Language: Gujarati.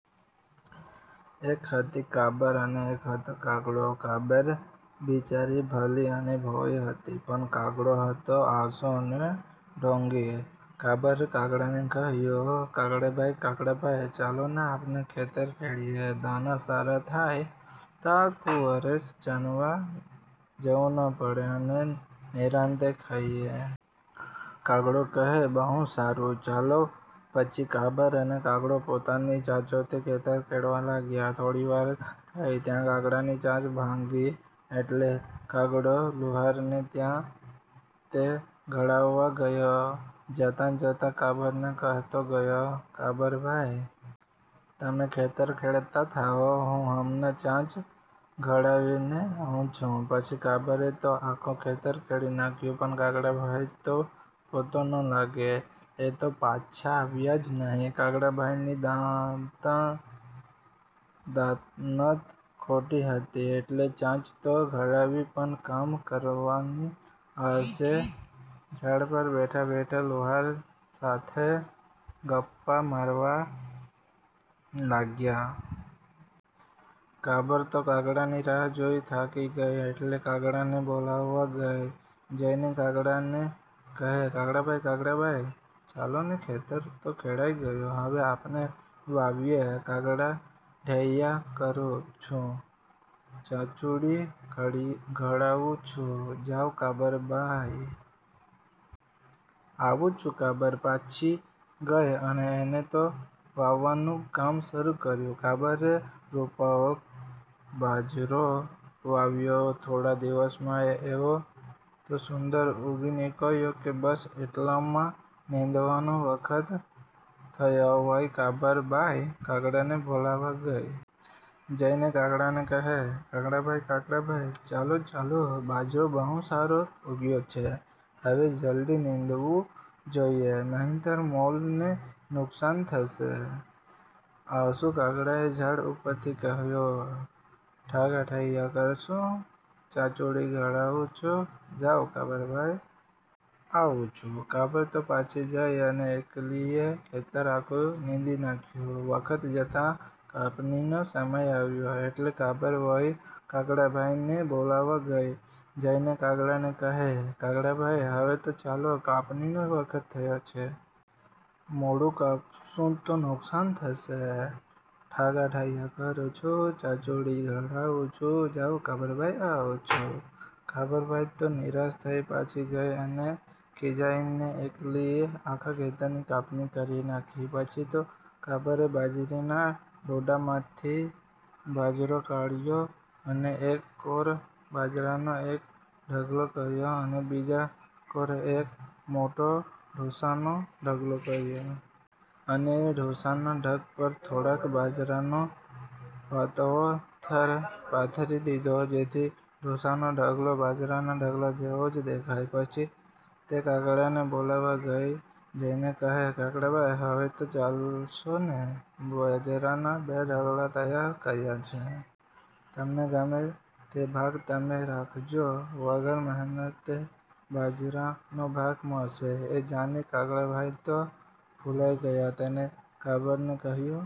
એક હતી કાબર અને એક હતો કાગડો. કાબર બિચારી ભલી અને ભોળી હતી, પણ કાગડો હતો આળસુ અને ઢોંગી. કાબરે કાગડાને કહ્યું -કાગડાભાઈ, કાગડાભાઈ! ચાલોને આપણે ખેતર ખેડીએ! દાણા સારા થાય તો આખું વરસ ચણવા જવું ન પડે અને નિરાંતે ખાઈએ. કાગડો કહે-બહુ સારું; ચાલો. પછી કાબર અને કાગડો પોતાની ચાંચોથી ખેતર ખેડવા લાગ્યાં. થોડી વાર થઈ ત્યાં કાગડાની ચાંચ ભાંગી એટલે કાગડો લુહારને ત્યાં તે ઘડાવવા ગયો. જતાં જતાં કાબરને કહેતો ગયો -કાબરબાઈ! તમે ખેતર ખેડતાં થાઓ, હું હમણાં ચાંચ ઘડાવીને આવું છું. પછી કાબરે તો આખું ખેતર ખેડી નાખ્યું પણ કાગડાભાઈનો પત્તો ન લાગે. એ તો પાછા આવ્યાં જ નહિ. કાગડાભાઈની દાનત ખોટી હતી એટલે ચાંચ તો ઘડાવી પણ કામ કરવાની આળસે ઝાડ પર બેઠા બેઠા લુહાર સાથે ગપ્પાં મારવા લાગ્યા. કાબર તો કાગડાની રાહ જોઈ થાકી ગઈ એટલે કાગડાને બોલાવવા ગઈ. જઈને કાગડાને કહે -કાગડાભાઈ, કાગડાભાઈ! ચાલો ને! ખેતર તો ખેડાઈ ગયું. હવે આપણે વાવીએ. ઠાગાઠૈયા કરું છું, ચાંચુડી ઘડાવું છું, જાવ, કાબરબાઈ! આવું છું. કાબર પાછી ગઈ અને એણે તો વાવવાનું કામ શરૂ કર્યું. કાબરે રૂપાળો બાજરો વાવ્યો. થોડા દિવસમાં એ એવો તો સુંદર ઊગી નીકળ્યો કે બસ! એટલામાં નીંદવાનો વખત થયો વળી કાબરબાઈ કાગડાને બોલાવવા ગઈ. જઈને કાગડાને કહે -કાગડાભાઈ, કાગડાભાઈ! ચાલો, ચાલો; બાજરો બહુ સારો ઊગ્યો છે. હવે જલદી નીંદવું જોઈએ, નહિતર મોલને નુકસાન થશે. આળસુ કાગડાએ ઝાડ ઉપરથી કહ્યું: ઠાગાઠૈયા કરું છું, ચાંચુડી ઘડાવું છું, જાવ, કાબરબાઈ! આવું છું. કાબર તો પાછી ગઈ અને એકલીએ ખેતર આખું નીંદી નાખ્યું. વખત જતાં કાપણીનો સમય આવ્યો એટલે કાબર વળી કાગડાભાઈને બોલાવવા ગઈ. જઈને કાગડાને કહે - કાગડાભાઈ! હવે તો ચાલો, કાપણીનો વખત થયો છે. મોડું કાપશું તો નુકસાન થશે. ઠાગાઠૈયા કરું છું, ચાંચુડી ઘડાવું છું, જાવ, કાબરબાઈ! આવું છું. કાબરબાઈ તો નિરાશ થઈ પાછી ગઈ. અને ખિજાઈને એકલીએ આખા ખેતરની કાપણી કરી નાખી. પછી તો કાબરે બાજરીનાં ડુંડાંમાંથી બાજરો કાઢ્યો અને એક કોર બાજરાનો એક ઢગલો કર્યો, અને બીજી કોર એક મોટો ઢૂંસાંનો ઢગલો કર્યો. અને એ ઢૂંસાંના ઢગ પર થોડોક બાજરાનો પાતળો થર પાથરી દીધો જેથી ઢૂંસાંનો ઢગલો બાજરાના ઢગલા જેવો જ દેખાય. પછી તે કાગડાને બોલાવવા ગઈ. જઈને કહે- કાગડાભાઈ! હવે તો ચાલશો ને? બાજરાના બે ઢગલા તૈયાર કર્યા છે. તમને ગમે તે ભાગ તમે રાખજો. વગર મહેનતે બાજરાનો ભાગ મળશે એ જાણી કાગડાભાઈ તો ફુલાઈ ગયા. તેણે કાબરને કહ્યું